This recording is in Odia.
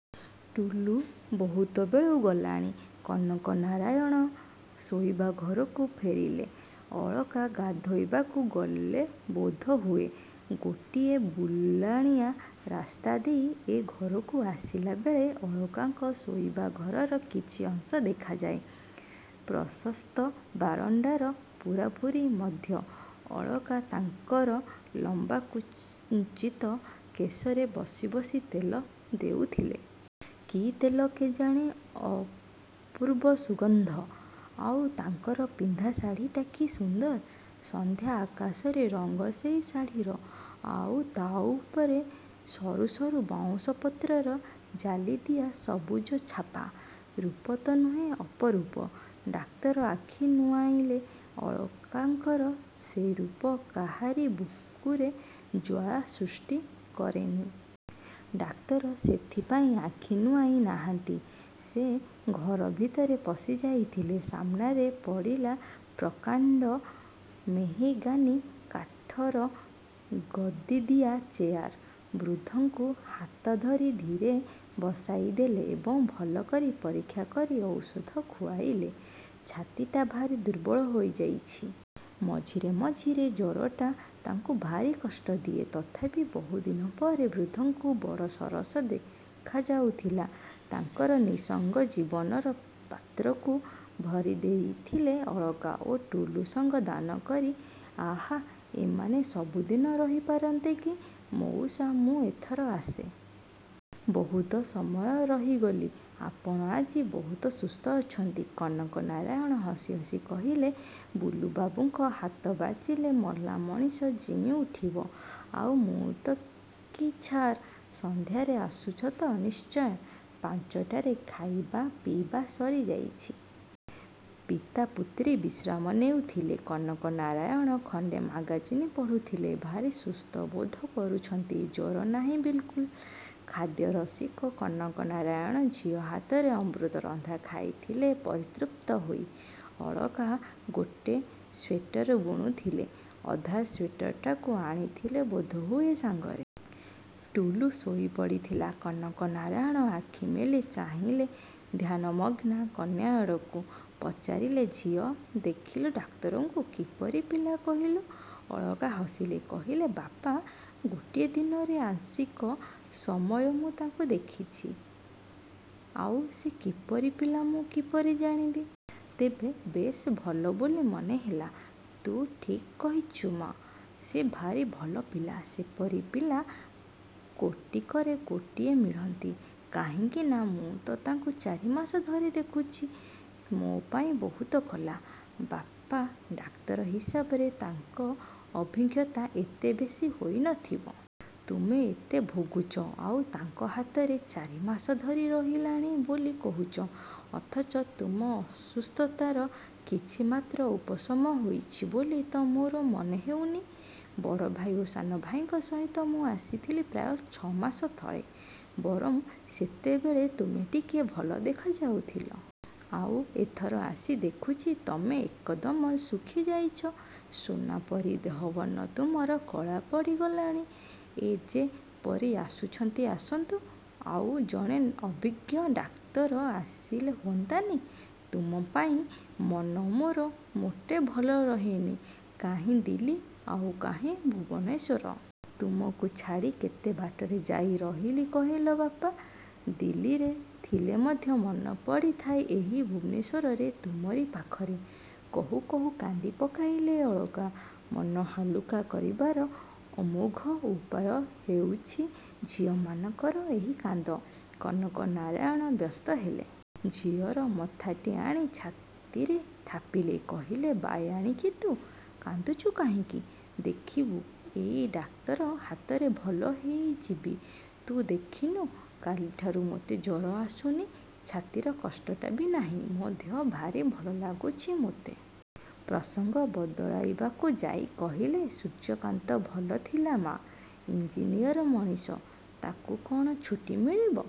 ଟୁଲୁ ବହୁତ ବେଳୁ ଗଲାଣି। କନକ ନାରାୟଣ ଶୋଇବା ଘରକୁ ଫେରିଲେ। ଅଳକା ଗାଧୋଇବାକୁ ଗଲେ ବୋଧହୁଏ। ଗୋଟିଏ ବୁଲା ରାସ୍ତାଦେଇ ଏ ଘରକୁ ଆସିଲାବେଳେ ଅଳକାଙ୍କ ଶୋଇବା ଘରର କିଛି ଅଂଶ ଦେଖାଯାଏ। ପ୍ରଶସ୍ତ ବାରଣ୍ଡାର ପୂରାପୂରି ମଧ୍ୟ। ଅଳକା ତାଙ୍କର ଲମ୍ବା କୁଞ୍ଚିତ କେଶରେ ବସି ବସି ତେଲ ଦେଉଥିଲେ। କି ତେଲ କେଜାଣି, ଅପୂର୍ବ ସୁଗନ୍ଧ। ଆଉ ତାଙ୍କର ପିନ୍ଧା ଶାଢ଼ିଟା କି ସୁନ୍ଦର! ସନ୍ଧ୍ୟା ଆକାଶରେ ରଙ୍ଗ ସେଇ ଶାଢ଼ିର। ଆଉ ତା' ଉପରେ ସରୁସରୁ ବାଉଁଶ ପତ୍ରର ଜାଲିଦିଆ ସବୁଜ ଛାପା। ରୂପ ତ ନୁହେଁ ଅପରୂପ। ଡାକ୍ତର ଆଖି ନୁଆଁଇଲେ। ଅଳକାଙ୍କର ସେଇ ରୂପ କାହାରି ବୁକୁରେ ଜ୍ୱାଳା ସୃଷ୍ଟି କରେନି। ଡାକ୍ତର ସେଥିପାଇଁ ଆଖି ନୁଆଁଇ ନାହାନ୍ତି। ସେ ଘର ଭିତରେ ପଶି ଯାଇଥିଲେ। ସାମ୍ନାରେ ପଡ଼ିଲା ପ୍ରକାଣ୍ଡ ମେହେଗାନି କାଠର ଗଦିଦିଆ ଚେୟାର। ବୃଦ୍ଧଙ୍କୁ ହାତ ଧରି ଧୀରେ ବସାଇଦେଲେ ଏବଂ ଭଲ କରି ପରୀକ୍ଷା କରି ଔଷଧ ଖୁଆଇଲେ। ଛାତିଟା ଭାରି ଦୁର୍ବଳ ହୋଇଯାଇଛି। ମଝିରେ ମଝିରେ ଜ୍ୱରଟା ତାଙ୍କୁ ଭାରି କଷ୍ଟ ଦିଏ। ତଥାପି ବହୁଦିନ ପରେ ବୃଦ୍ଧଙ୍କୁ ବଡ଼ ସରସ ଦେଖାଯାଉଥିଲା। ତାଙ୍କର ନିଃସଙ୍ଗ ଜୀବନର ପାତ୍ରକୁ ଭରି ଦେଇଥିଲେ ଅଳକା ଓ ଟୁଲୁ ସଙ୍ଗ ଦାନ କରି। ଆହା ଏମାନେ ସବୁଦିନ ରହିପାରନ୍ତେକି! ମଉସା ମୁଁ ଏଥର ଆସେ। ବହୁତ ସମୟ ରହିଗଲି। ଆପଣ ଆଜି ବହୁତ ସୁସ୍ଥ ଅଛନ୍ତି। କନକ ନାରାୟଣ ହସି ହସି କହିଲେ, ବୁଲୁ ବାବୁଙ୍କ ହାତ ବାଜିଲେ ମଲା ମଣିଷ ଜିଇଁଉଠିବ। ଆଉ ମୁଁ ତ କି ଛାର୍। ସଂଧ୍ୟାରେ ଆସୁଛ ତ? ନିଶ୍ଚୟ। ପାଞ୍ଚ ଟାରେ ଖାଇବା ପିଇବା ସରିଯାଇଛି। ପିତା ପୁତ୍ରୀ ବିଶ୍ରାମ ନେଉଥିଲେ। କନକ ନାରାୟଣ ଖଣ୍ଡେ ମାଗାଜିନ୍ ପଢ଼ୁଥିଲେ। ଭାରି ସୁସ୍ଥ ବୋଧ କରୁଛନ୍ତି। ଜ୍ୱର ନାହିଁ ବିଲକୁଲ୍। ଖାଦ୍ୟରସିକ କନକ ନାରାୟଣ ଝିଅ ହାତର ଅମୃତରନ୍ଧା ଖାଇଥିଲେ ପରିତୃପ୍ତ ହୋଇ। ଅଳକା ଗୋଟେ ସ୍ୱେଟର ବୁଣୁଥିଲେ। ଅଧା ସ୍ୱେଟରଟାକୁ ଆଣିଥିଲେ ବୋଧହୁଏ ସାଙ୍ଗରେ। ଟୁଲୁ ଶୋଇପଡ଼ିଥିଲା। କନକ ନାରାୟଣ ଆଖିମେଲି ଚାହିଁଲେ ଧ୍ୟାନମଗ୍ନା କନ୍ୟା ଆଡ଼କୁ। ପଚାରିଲେ ଝିଅ, ଦେଖିଲୁ ଡାକ୍ତରଙ୍କୁ। କିପରି ପିଲା କହିଲୁ? ଅଳକା ହସିଲେ। କହିଲେ ବାପା ଗୋଟିଏ ଦିନରେ ଆଂଶିକ ସମୟ ମୁଁ ତାଙ୍କୁ ଦେଖିଛି। ଆଉ ସେ କିପରି ପିଲା ମୁଁ କିପରି ଜାଣିବି? ତେବୁ ବେଶ୍ ଭଲ ବୋଲି ମନେହେଲା। ତୁ ଠିକ୍ କହିଛୁ ମା'। ସେ ଭାରି ଭଲ ପିଲା। ସେପରି ପିଲା କୋଟିକରେ ଗୋଟିଏ ମିଳନ୍ତି। କାହିଁକି ନା, ମୁଁ ତ ତାକୁ ଚାରିମାସ ଧରି ଦେଖୁଛି। ମୋ ପାଇଁ ବହୁତ କଲା। ବାପା ଡାକ୍ତର ହିସାବରେ ତାଙ୍କ ଅଭିଜ୍ଞତା ଏତେ ବେଶି ହୋଇନଥିବ। ତୁମେ ଏତେ ଭୋଗୁଛ, ଆଉ ତାଙ୍କ ହାତରେ ଚାରିମାସ ଧରି ରହିଲାଣି ବୋଲି କହୁଛ, ଅଥଚ ତୁମ ଅସୁସ୍ଥତାର କିଛି ମାତ୍ର ଉପଶମ ହୋଇଛି ବୋଲି ତ ମୋର ମନେହେଉନି। ବଡ଼ଭାଇ ଓ ସାନଭାଇଙ୍କ ସହିତ ମୁଁ ଆସିଥିଲି ପ୍ରାୟ ଛଅମାସ ତଳେ। ବରଂ ସେତେବେଳେ ତୁମେ ଟିକିଏ ଭଲ ଦେଖାଯାଉଥିଲ। ଆଉ ଏଥର ଆସି ଦେଖୁଛି ତୁମେ ଏକଦମ ଶୁଖିଯାଇଛ। ସୁନାପରି ଦେହବର୍ଣ୍ଣ ତୁମର କଳାପଡ଼ି ଗଲାଣି। ଏ ଯେ ପରି ଆସୁଛନ୍ତି ଆସନ୍ତୁ। ଆଉ ଜଣେ ଅଭିଜ୍ଞ ଡାକ୍ତର ଆସିଲେ ହୁଅନ୍ତାନି? ତୁମ ପାଇଁ ମନ ମୋର ମୋଟେ ଭଲ ରହେନି। କାହିଁ ଦିଲ୍ଲୀ, ଆଉ କାହିଁ ଭୁବନେଶ୍ୱର। ତୁମକୁ ଛାଡ଼ି କେତେ ବାଟରେ ଯାଇ ରହିଲି କହିଲ ବାପା। ଦିଲ୍ଲୀରେ ଥିଲେ ମଧ୍ୟ ମନ ପଡ଼ିଥାଏ ଏହି ଭୁବନେଶ୍ୱରରେ, ତୁମରି ପାଖରେ। କହୁ କହୁ କାନ୍ଦି ପକାଇଲା ଅଳକା। ମନ ହାଲୁକା କରିବାର ଅମୋଘ ଉପାୟ ହେଉଛି ଝିଅମାନଙ୍କର ଏଇ କାନ୍ଦ। କନକ ନାରାୟଣ ବ୍ୟସ୍ତ ହେଲେ। ଝିଅର ମଥାଟି ଆଣି ଛାତିରେ ଥାପିଲେ। କହିଲେ ବାୟାଣୀ କି ତୁ। କାନ୍ଦୁଛୁ କାହିଁକି? ଦେଖିବୁ ଏଇ ଡାକ୍ତର ହାତରେ ଭଲ ହେଇଯିବି। ତୁ ଦେଖିନୁ କାଲିଠାରୁ ମୋତେ ଜ୍ୱର ଆସୁନି, ଛାତିର କଷ୍ଟଟା ବି ନାହିଁ, ମୋ ଦେହ ଭାରି ଭଲ ଲାଗୁଛି ମୋତେ। ପ୍ରସଙ୍ଗ ବଦଳାଇବାକୁ ଯାଇ କହିଲେ ସୂର୍ଯ୍ୟକାନ୍ତ ଭଲ ଥିଲା ମା? ଇଞ୍ଜିନିୟର ମଣିଷ, ତାକୁ କ'ଣ ଛୁଟି ମିଳିବ।